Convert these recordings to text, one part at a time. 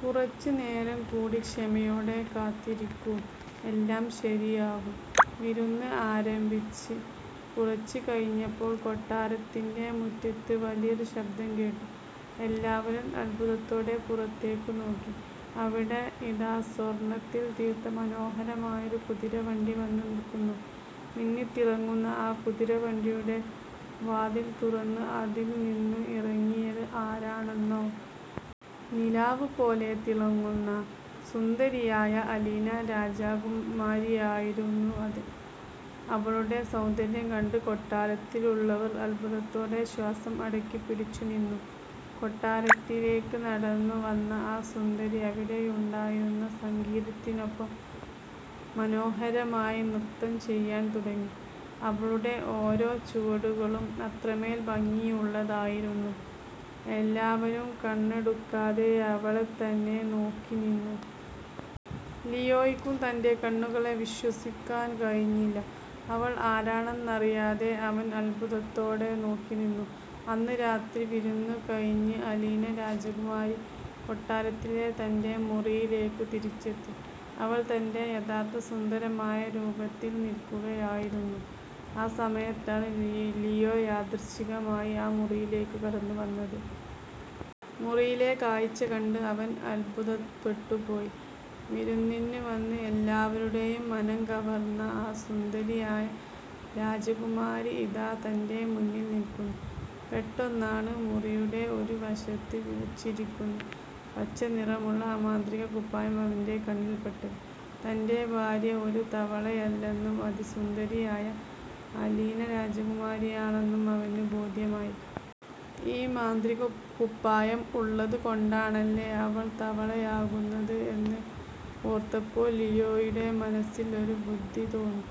കുറച്ചുനേരം കൂടി ക്ഷമയോടെ കാത്തിരിക്കൂ, എല്ലാം ശരിയാകും. " വിരുന്ന് ആരംഭിച്ച് കുറച്ചുകഴിഞ്ഞപ്പോൾ, കൊട്ടാരത്തിന്റെ മുറ്റത്ത് വലിയൊരു ശബ്ദം കേട്ടു. എല്ലാവരും അത്ഭുതത്തോടെ പുറത്തേക്ക് നോക്കി. അവിടെ ഇതാ സ്വർണത്തിൽ തീർത്ത മനോഹരമായൊരു കുതിരവണ്ടി വന്നുനിൽക്കുന്നു! മിന്നിത്തിളങ്ങുന്ന ആ കുതിര വണ്ടിയുടെ വാതിൽ തുറന്ന് അതിൽനിന്നും ഇറങ്ങിയത് ആരാണെന്നോ? നിലാവ് പോലെ തിളങ്ങുന്ന സുന്ദരിയായ അലീന രാജകുമാരിയായിരുന്നു അത്! അവളുടെ സൗന്ദര്യം കണ്ട് കൊട്ടാരത്തിലുള്ളവർ അത്ഭുതത്തോടെ ശ്വാസം അടക്കിപ്പിടിച്ചു നിന്നു. കൊട്ടാരത്തിലേക്ക് നടന്നു വന്ന ആ സുന്ദരി അവിടെയുണ്ടായിരുന്ന സംഗീതത്തിനൊപ്പം മനോഹരമായി നൃത്തം ചെയ്യാൻ തുടങ്ങി. അവളുടെ ഓരോ ചുവടുകളും അത്രമേൽ ഭംഗിയുള്ളതായിരുന്നു. എല്ലാവരും കണ്ണെടുക്കാതെ അവളെത്തന്നെ നോക്കിനിന്നു. ലിയോയ്ക്കും തന്റെ കണ്ണുകളെ വിശ്വസിക്കാൻ കഴിഞ്ഞില്ല; അവൾ ആരാണെന്നറിയാതെ അവൻ അത്ഭുതത്തോടെ നോക്കിനിന്നു. അന്ന് രാത്രി വിരുന്ന് കഴിഞ്ഞ്, അലീന രാജകുമാരി കൊട്ടാരത്തിലെ തന്റെ മുറിയിലേക്ക് തിരിച്ചെത്തി. അവൾ തന്റെ യഥാർത്ഥ സുന്ദരമായ രൂപത്തിൽ നിൽക്കുകയായിരുന്നു. ആ സമയത്താണ് ലിയോ യാദൃച്ഛികമായി ആ മുറിയിലേക്ക് കടന്നുവന്നത്! മുറിയിലെ കാഴ്ച കണ്ട് അവൻ അത്ഭുതപ്പെട്ടുപോയി! വിരുന്നിന് വന്ന് എല്ലാവരുടെയും മനംകവർന്ന ആ സുന്ദരിയായ രാജകുമാരി ഇതാ തന്റെ മുന്നിൽ നിൽക്കുന്നു! പെട്ടെന്നാണ് മുറിയുടെ ഒരു വശത്ത് വച്ചിരിക്കുന്ന പച്ചനിറമുള്ള ആ മാന്ത്രികക്കുപ്പായം അവന്റെ കണ്ണിൽ പെട്ടത്. തന്റെ ഭാര്യ ഒരു തവളയല്ലെന്നും, അതിസുന്ദരിയായ അലീന രാജകുമാരിയാണെന്നും അവന് ബോധ്യമായി. ഈ മാന്ത്രികക്കുപ്പായം ഉള്ളത് കൊണ്ടാണല്ലോ അവൾ തവള ആകുന്നത് എന്ന് ഓർത്തപ്പോൾ ലിയോയുടെ മനസ്സിൽ ഒരു ബുദ്ധി തോന്നി.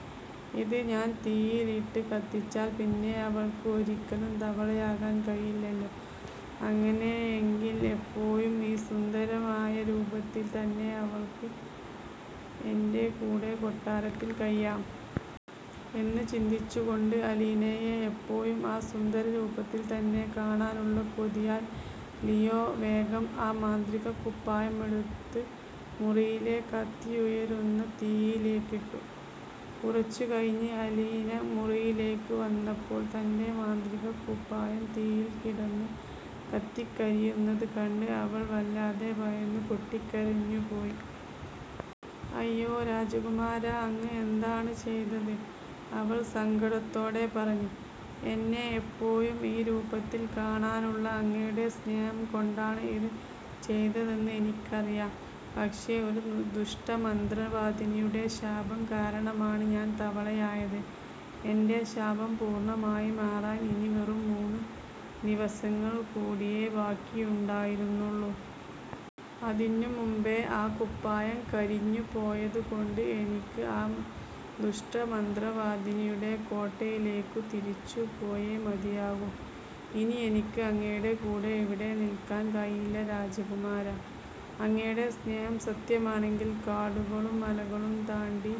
"ഇത് ഞാൻ തീയിലിട്ട് കത്തിച്ചാൽ പിന്നെ അവൾക്ക് ഒരിക്കലും തവളയാകാൻ കഴിയില്ലല്ലോ! അങ്ങനെയെങ്കിൽ എപ്പോഴും ഈ സുന്ദരമായ രൂപത്തിൽ തന്നെ അവൾക്ക് എന്റെ കൂടെ കൊട്ടാരത്തിൽ കഴിയാം. " എന്ന് ചിന്തിച്ചുകൊണ്ട്, അലീനയെ എപ്പോഴും ആ സുന്ദര രൂപത്തിൽ തന്നെ കാണാനുള്ള കൊതിയാൽ ലിയോ വേഗം ആ മാന്ത്രികക്കുപ്പായം എടുത്ത് മുറിയിലെ കത്തിഉയരുന്ന തീയിലേക്ക് ഇട്ടു! കുറച്ചുകഴിഞ്ഞ് അലീന മുറിയിലേക്ക് വന്നപ്പോൾ, തന്റെ മാന്ത്രികക്കുപ്പായം തീയിൽ കിടന്ന് കത്തിക്കരിയുന്നത് കണ്ട് അവൾ വല്ലാതെ ഭയന്ന് പൊട്ടിക്കരഞ്ഞുപോയി! "അയ്യോ രാജകുമാരാ, അങ്ങ് എന്താണീ ചെയ്തത്? " അവൾ സങ്കടത്തോടെ പറഞ്ഞു. "എന്നെ എപ്പോഴും ഈ രൂപത്തിൽ കാണാനുള്ള അങ്ങയുടെ സ്നേഹം കൊണ്ടാണ് ഇത് ചെയ്തതെന്ന് എനിക്കറിയാം. പക്ഷേ, ഒരു ദുഷ്ടമന്ത്രവാദിയുടെ ശാപം കാരണമാണ് ഞാൻ തവളയായത്. എന്റെ ഈ ശാപം പൂർണ്ണമായി മാറാൻ ഇനി വെറും മൂന്ന് ദിവസങ്ങൾ കൂടിയേ ബാക്കിയുണ്ടായിരുന്നുള്ളൂ! അതിനുമുൻപേ ആ കുപ്പായം കരിഞ്ഞു പോയതുകൊണ്ട്, എനിക്ക് ആ ദുഷ്ടമന്ത്രവാദിയുടെ കോട്ടയിലേക്ക് തിരിച്ചുപോയേ മതിയാകൂ. ഇനി എനിക്ക് അങ്ങയുടെ കൂടെ ഇവിടെ നിൽക്കാൻ കഴിയില്ല രാജകുമാരാ! അങ്ങയുടെ സ്നേഹം സത്യമാണെങ്കിൽ, കാടുകളും മലകളും താണ്ടി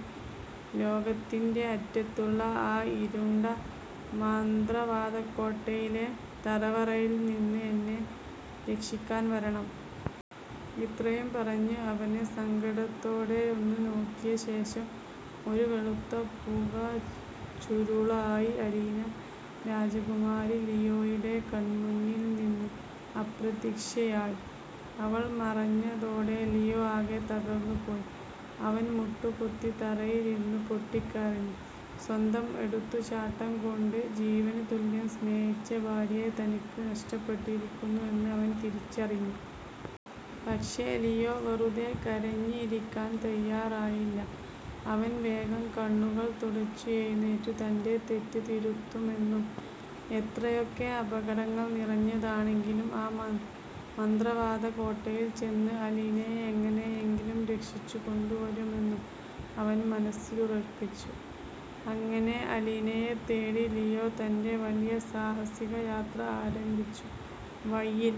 ലോകത്തിന്റെ അറ്റത്തുള്ള ആ ഇരുണ്ട മന്ത്രവാദക്കോട്ടയിലെ തടവറയിൽ നിന്ന് എന്നെ രക്ഷിക്കാൻ വരണം! " ഇത്രയും പറഞ്ഞ് അവനെ സങ്കടത്തോടെയൊന്നു നോക്കിയ ശേഷം, ഒരു വെളുത്ത പുകച്ചുരുളായി അലീന രാജകുമാരി ലിയോയുടെ കൺമുന്നിൽ നിന്നും അപ്രത്യക്ഷയായി! അവൾ മറഞ്ഞതോടെ ലിയോ ആകെ തകർന്നുപോയി. അവൻ മുട്ടുകുത്തി തറയിലിരുന്ന് പൊട്ടിക്കരഞ്ഞു. സ്വന്തം എടുത്തുചാട്ടം കൊണ്ട്, ജീവനുതുല്യം സ്നേഹിച്ച ഭാര്യയെ തനിക്ക് നഷ്ടപ്പെട്ടിരിക്കുന്നു എന്ന് അവൻ തിരിച്ചറിഞ്ഞു. പക്ഷേ, ലിയോ വെറുതെ കരഞ്ഞിരിക്കാൻ തയ്യാറായില്ല അവൻ വേഗം കണ്ണുകൾ തുടച്ച് എഴുന്നേറ്റു. തന്റെ തെറ്റ് തിരുത്തുമെന്നും, എത്രയൊക്കെ അപകടങ്ങൾ നിറഞ്ഞതാണെങ്കിലും ആ മന്ത്രവാദക്കോട്ടയിൽ ചെന്ന് അലീനയെ എങ്ങനെയെങ്കിലും രക്ഷിച്ചു കൊണ്ടുവരുമെന്നും അവൻ മനസ്സിലുറപ്പിച്ചു. അങ്ങനെ, അലീനയെ തേടി ലിയോ തന്റെ വലിയ സാഹസിക യാത്ര ആരംഭിച്ചു. വഴിയിൽ